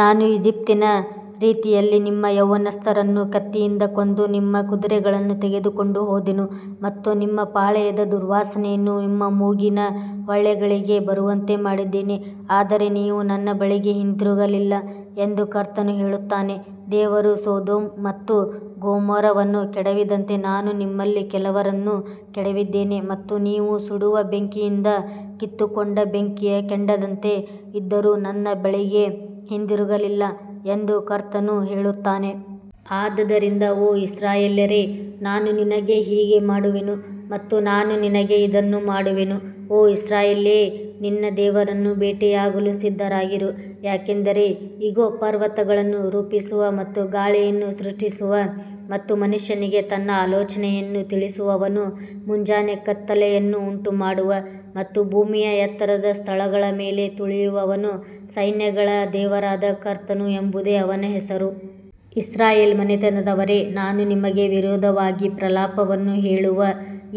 ನಾನು ಈಜಿಪ್ಟಿನ ರೀತಿಯಲ್ಲಿ ನಿಮ್ಮ ಯೌವನಸ್ಥರನ್ನು ಕತ್ತಿಯಿಂದ ಕೊಂದು ನಿಮ್ಮ ಕುದುರೆಗಳನ್ನು ತೆಗೆದುಕೊಂಡು ಹೋದೆನು ಮತ್ತು ನಿಮ್ಮ ಪಾಳೆಯದ ದುರ್ವಾಸನೆಯನ್ನು ನಿಮ್ಮ ಮೂಗಿನ ಹೊಳ್ಳೆಗಳಿಗೆ ಬರುವಂತೆ ಮಾಡಿದ್ದೇನೆ, ಆದರೆ ನೀವು ನನ್ನ ಬಳಿಗೆ ಹಿಂತಿರುಗಲಿಲ್ಲ ಎಂದು ಕರ್ತನು ಹೇಳುತ್ತಾನೆ. ದೇವರು ಸೊದೋಮ್ ಮತ್ತು ಗೊಮೋರವನ್ನು ಕೆಡವಿದಂತೆ ನಾನು ನಿಮ್ಮಲ್ಲಿ ಕೆಲವರನ್ನು ಕೆಡವಿದ್ದೇನೆ ಮತ್ತು ನೀವು ಸುಡುವ ಬೆಂಕಿಯಿಂದ ಕಿತ್ತುಕೊಂಡ ಬೆಂಕಿಯ ಕೆಂಡದಂತೆ ಇದ್ದರೂ ನನ್ನ ಬಳಿಗೆ ಹಿಂತಿರುಗಲಿಲ್ಲ ಎಂದು ಕರ್ತನು ಹೇಳುತ್ತಾನೆ. ಆದದರಿಂದ ಓ ಇಸ್ರಾಯೇಲ್ಯರೇ, ನಾನು ನಿನಗೆ ಹೀಗೆ ಮಾಡುವೆನು ಮತ್ತು ನಾನು ನಿನಗೆ ಇದನ್ನು ಮಾಡುವೆನು. ಓ ಇಸ್ರಾಯೇಲ್ಯೇ, ನಿನ್ನ ದೇವರನ್ನು ಭೇಟಿಯಾಗಲು ಸಿದ್ಧರಾಗಿರು, ಯಾಕಂದರೆ ಇಗೋ, ಪರ್ವತಗಳನ್ನು ರೂಪಿಸುವ ಮತ್ತು ಗಾಳಿಯನ್ನು ಸೃಷ್ಟಿಸುವ ಮತ್ತು ಮನುಷ್ಯನಿಗೆ ತನ್ನ ಆಲೋಚನೆಯನ್ನು ತಿಳಿಸುವವನು, ಮುಂಜಾನೆ ಕತ್ತಲೆಯನ್ನು ಉಂಟುಮಾಡುವ ಮತ್ತು ಭೂಮಿಯ ಎತ್ತರದ ಸ್ಥಳಗಳ ಮೇಲೆ ತುಳಿಯುವವನು, ಸೈನ್ಯಗಳ ದೇವರಾದ ಕರ್ತನು ಎಂಬುದೇ ಅವನ ಹೆಸರು. ಇಸ್ರಾಯೇಲ್ ಮನೆತನದವರೇ, ನಾನು ನಿಮಗೆ ವಿರೋಧವಾಗಿ ಪ್ರಲಾಪವನ್ನು ಹೇಳುವ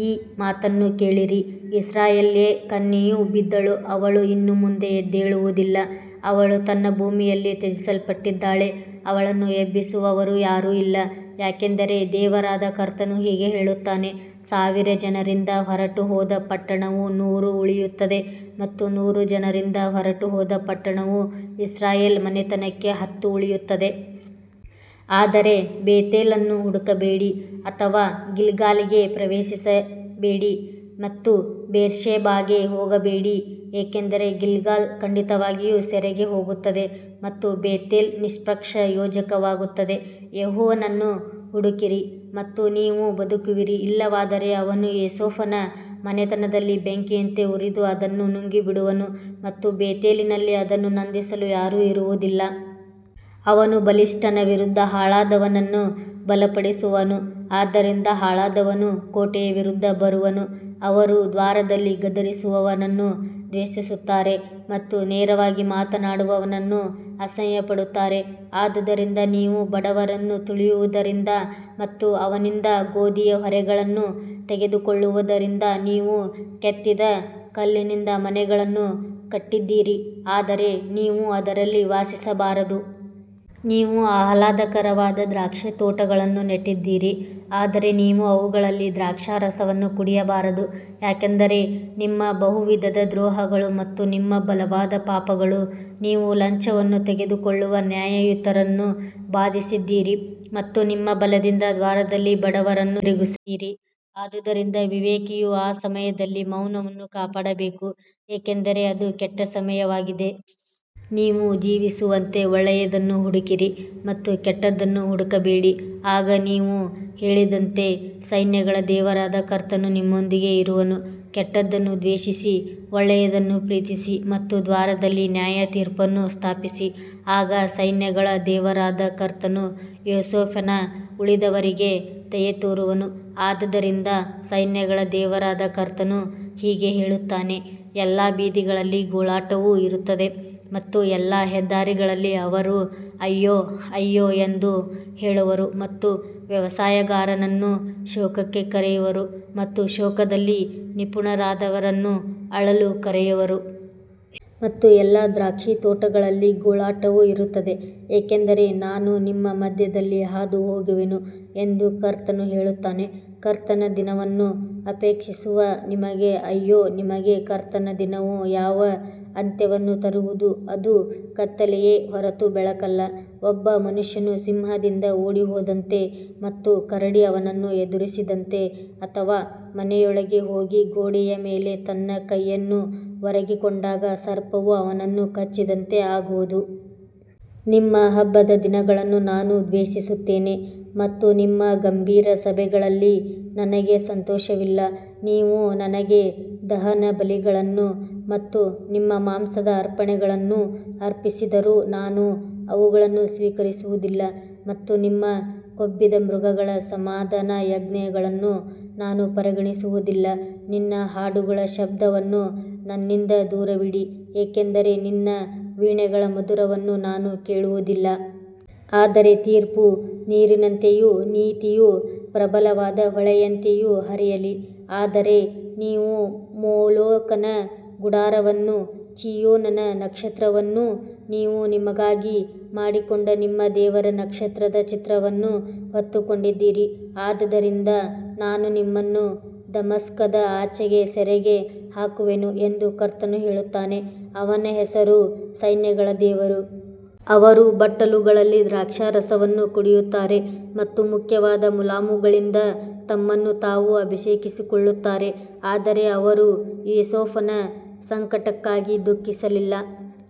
ಈ ಮಾತನ್ನು ಕೇಳಿರಿ. ಇಸ್ರಾಯೇಲ್ಯ ಕನ್ಯೆಯು ಬಿದ್ದಳು, ಅವಳು ಇನ್ನು ಮುಂದೆ ಎದ್ದೇಳುವುದಿಲ್ಲ, ಅವಳು ತನ್ನ ಭೂಮಿಯಲ್ಲಿ ತ್ಯಜಿಸಲ್ಪಟ್ಟಿದ್ದಾಳೆ, ಅವಳನ್ನು ಎಬ್ಬಿಸುವವರು ಯಾರೂ ಇಲ್ಲ. ಯಾಕಂದರೆ ದೇವರಾದ ಕರ್ತನು ಹೀಗೆ ಹೇಳುತ್ತಾನೆ, ಸಾವಿರ ಜನರಿಂದ ಹೊರಟುಹೋದ ಪಟ್ಟಣವು ನೂರು ಉಳಿಯುತ್ತದೆ ಮತ್ತು ನೂರು ಜನರಿಂದ ಹೊರಟುಹೋದ ಪಟ್ಟಣವು ಇಸ್ರಾಯೇಲ್ ಮನೆತನಕ್ಕೆ ಹತ್ತು ಉಳಿಯುತ್ತದೆ. ಆದರೆ ಬೇತೇಲನ್ನು ಹುಡುಕಬೇಡಿ ಅಥವಾ ಗಿಲ್ಗಾಲಿಗೆ ಪ್ರವೇಶಿಸಬೇಡಿ ಮತ್ತು ಬೇರ್ಷೆಬಾಗೆ ಹೋಗಬೇಡಿ, ಏಕೆಂದರೆ ಗಿಲ್ಗಾಲ್ ಖಂಡಿತವಾಗಿಯೂ ಸೆರೆಗೆ ಹೋಗುತ್ತದೆ ಮತ್ತು ಬೇತೇಲ್ ನಿಷ್ಪ್ರಯೋಜಕವಾಗುತ್ತದೆ. ಯೆಹೋವನನ್ನು ಹುಡುಕಿರಿ ಮತ್ತು ನೀವು ಬದುಕುವಿರಿ, ಇಲ್ಲವಾದರೆ ಅವನು ಯೋಸೇಫನ ಮನೆತನದಲ್ಲಿ ಬೆಂಕಿಯಂತೆ ಉರಿದು ಅದನ್ನು ನುಂಗಿಬಿಡುವನು ಮತ್ತು ಬೇತೇಲಿನಲ್ಲಿ ಅದನ್ನು ನಂದಿಸಲು ಯಾರೂ ಇರುವುದಿಲ್ಲ. ಅವನು ಬಲಿಷ್ಠನ ವಿರುದ್ಧ ಹಾಳಾದವನನ್ನು ಬಲಪಡಿಸುವನು, ಆದ್ದರಿಂದ ಹಾಳಾದವನು ಕೋಟೆಯ ವಿರುದ್ಧ ಬರುವನು. ಅವರು ದ್ವಾರದಲ್ಲಿ ಗದರಿಸುವವನನ್ನು ದ್ವೇಷಿಸುತ್ತಾರೆ ಮತ್ತು ನೇರವಾಗಿ ಮಾತನಾಡುವವನನ್ನು ಅಸಹ್ಯಪಡುತ್ತಾರೆ. ಆದುದರಿಂದ ನೀವು ಬಡವರನ್ನು ತುಳಿಯುವುದರಿಂದ ಮತ್ತು ಅವನಿಂದ ಗೋಧಿಯ ಹೊರೆಗಳನ್ನು ತೆಗೆದುಕೊಳ್ಳುವುದರಿಂದ, ನೀವು ಕೆತ್ತಿದ ಕಲ್ಲಿನಿಂದ ಮನೆಗಳನ್ನು ಕಟ್ಟಿದ್ದೀರಿ, ಆದರೆ ನೀವು ಅದರಲ್ಲಿ ವಾಸಿಸಬಾರದು. ನೀವು ಆಹ್ಲಾದಕರವಾದ ದ್ರಾಕ್ಷಿತೋಟಗಳನ್ನು ನೆಟ್ಟಿದ್ದೀರಿ, ಆದರೆ ನೀವು ಅವುಗಳಲ್ಲಿ ದ್ರಾಕ್ಷಾರಸವನ್ನು ಕುಡಿಯಬಾರದು. ಯಾಕಂದರೆ ನಿಮ್ಮ ಬಹುವಿಧದ ದ್ರೋಹಗಳು ಮತ್ತು ನಿಮ್ಮ ಬಲವಾದ ಪಾಪಗಳು, ನೀವು ಲಂಚವನ್ನು ತೆಗೆದುಕೊಳ್ಳುವ ನ್ಯಾಯಯುತರನ್ನು ಬಾಧಿಸುತ್ತೀರಿ ಮತ್ತು ನಿಮ್ಮ ಬಲದಿಂದ ದ್ವಾರದಲ್ಲಿ ಬಡವರನ್ನು ತಿರುಗಿಸುತ್ತೀರಿ. ಆದುದರಿಂದ ವಿವೇಕಿಯು ಆ ಸಮಯದಲ್ಲಿ ಮೌನವನ್ನು ಕಾಪಾಡಬೇಕು, ಏಕೆಂದರೆ ಅದು ಕೆಟ್ಟ ಸಮಯವಾಗಿದೆ. ನೀವು ಜೀವಿಸುವಂತೆ ಒಳ್ಳೆಯದನ್ನು ಹುಡುಕಿರಿ ಮತ್ತು ಕೆಟ್ಟದ್ದನ್ನು ಹುಡುಕಬೇಡಿ, ಆಗ ನೀವು ಹೇಳಿದಂತೆ ಸೈನ್ಯಗಳ ದೇವರಾದ ಕರ್ತನು ನಿಮ್ಮೊಂದಿಗೆ ಇರುವನು. ಕೆಟ್ಟದ್ದನ್ನು ದ್ವೇಷಿಸಿ, ಒಳ್ಳೆಯದನ್ನು ಪ್ರೀತಿಸಿ ಮತ್ತು ದ್ವಾರದಲ್ಲಿ ನ್ಯಾಯತೀರ್ಪನ್ನು ಸ್ಥಾಪಿಸಿ, ಆಗ ಸೈನ್ಯಗಳ ದೇವರಾದ ಕರ್ತನು ಯೋಸೇಫನ ಉಳಿದವರಿಗೆ ದಯೆತೋರುವನು. ಆದದರಿಂದ ಸೈನ್ಯಗಳ ದೇವರಾದ ಕರ್ತನು ಹೀಗೆ ಹೇಳುತ್ತಾನೆ, ಎಲ್ಲಾ ಬೀದಿಗಳಲ್ಲಿ ಗೋಳಾಟವು ಇರುತ್ತದೆ ಮತ್ತು ಎಲ್ಲಾ ಹೆದ್ದಾರಿಗಳಲ್ಲಿ ಅವರು ಅಯ್ಯೋ ಅಯ್ಯೋ ಎಂದು ಹೇಳುವರು ಮತ್ತು ವ್ಯವಸಾಯಗಾರನನ್ನು ಶೋಕಕ್ಕೆ ಕರೆಯುವರು ಮತ್ತು ಶೋಕದಲ್ಲಿ ನಿಪುಣರಾದವರನ್ನು ಅಳಲು ಕರೆಯುವರು. ಮತ್ತು ಎಲ್ಲಾ ದ್ರಾಕ್ಷಿತೋಟಗಳಲ್ಲಿ ಗೋಳಾಟವು ಇರುತ್ತದೆ, ಏಕೆಂದರೆ ನಾನು ನಿಮ್ಮ ಮಧ್ಯದಲ್ಲಿ ಹಾದುಹೋಗುವೆನು ಎಂದು ಕರ್ತನು ಹೇಳುತ್ತಾನೆ. ಕರ್ತನ ದಿನವನ್ನು ಅಪೇಕ್ಷಿಸುವ ನಿಮಗೆ ಅಯ್ಯೋ, ನಿಮಗೆ ಕರ್ತನ ದಿನವು ಯಾವ ಅಂತ್ಯವನ್ನು ತರುವುದು, ಅದು ಕತ್ತಲೆಯೇ ಹೊರತು ಬೆಳಕಲ್ಲ. ಒಬ್ಬ ಮನುಷ್ಯನು ಸಿಂಹದಿಂದ ಓಡಿಹೋದಂತೆ ಮತ್ತು ಕರಡಿ ಅವನನ್ನು ಎದುರಿಸಿದಂತೆ ಅಥವಾ ಮನೆಯೊಳಗೆ ಹೋಗಿ ಗೋಡೆಯ ಮೇಲೆ ತನ್ನ ಕೈಯನ್ನು ಒರಗಿಕೊಂಡಾಗ ಸರ್ಪವು ಅವನನ್ನು ಕಚ್ಚಿದಂತೆ ಆಗುವುದು. ನಿಮ್ಮ ಹಬ್ಬದ ದಿನಗಳನ್ನು ನಾನು ದ್ವೇಷಿಸುತ್ತೇನೆ ಮತ್ತು ನಿಮ್ಮ ಗಂಭೀರ ಸಭೆಗಳಲ್ಲಿ ನನಗೆ ಸಂತೋಷವಿಲ್ಲ. ನೀವು ನನಗೆ ದಹನಬಲಿಗಳನ್ನು ಮತ್ತು ನಿಮ್ಮ ಮಾಂಸದ ಅರ್ಪಣೆಗಳನ್ನು ಅರ್ಪಿಸಿದರೂ ನಾನು ಅವುಗಳನ್ನು ಸ್ವೀಕರಿಸುವುದಿಲ್ಲ ಮತ್ತು ನಿಮ್ಮ ಕೊಬ್ಬಿದ ಮೃಗಗಳ ಸಮಾಧಾನಯಜ್ಞಗಳನ್ನು ನಾನು ಪರಿಗಣಿಸುವುದಿಲ್ಲ. ನಿನ್ನ ಹಾಡುಗಳ ಶಬ್ದವನ್ನು ನನ್ನಿಂದ ದೂರವಿಡಿ, ಏಕೆಂದರೆ ನಿನ್ನ ವೀಣೆಗಳ ಮಧುರವನ್ನು ನಾನು ಕೇಳುವುದಿಲ್ಲ. ಆದರೆ ತೀರ್ಪು ನೀರಿನಂತೆಯೂ ನೀತಿಯು ಪ್ರಬಲವಾದ ಹೊಳೆಯಂತೆಯೂ ಹರಿಯಲಿ. ಆದರೆ ನೀವು ಮೊಲೊಕನ ಗುಡಾರವನ್ನೂ ಚಿಯೂನನ ನಕ್ಷತ್ರವನ್ನೂ, ನೀವು ನಿಮಗಾಗಿ ಮಾಡಿಕೊಂಡ ನಿಮ್ಮ ದೇವರ ನಕ್ಷತ್ರದ ಚಿತ್ರವನ್ನೂ ಹೊತ್ತುಕೊಂಡಿದ್ದೀರಿ. ಆದದರಿಂದ ನಾನು ನಿಮ್ಮನ್ನು ದಮಸ್ಕದ ಆಚೆಗೆ ಸೆರೆಗೆ ಹಾಕುವೆನು ಎಂದು ಕರ್ತನು ಹೇಳುತ್ತಾನೆ, ಅವನ ಹೆಸರು ಸೈನ್ಯಗಳ ದೇವರು. ಅವರು ಬಟ್ಟಲುಗಳಲ್ಲಿ ದ್ರಾಕ್ಷಾರಸವನ್ನು ಕುಡಿಯುತ್ತಾರೆ ಮತ್ತು ಮುಖ್ಯವಾದ ಮುಲಾಮುಗಳಿಂದ ತಮ್ಮನ್ನು ತಾವು ಅಭಿಷೇಕಿಸಿಕೊಳ್ಳುತ್ತಾರೆ, ಆದರೆ ಅವರು ಯೋಸೇಫನ ಸಂಕಟಕ್ಕಾಗಿ ದುಃಖಿಸಲಿಲ್ಲ.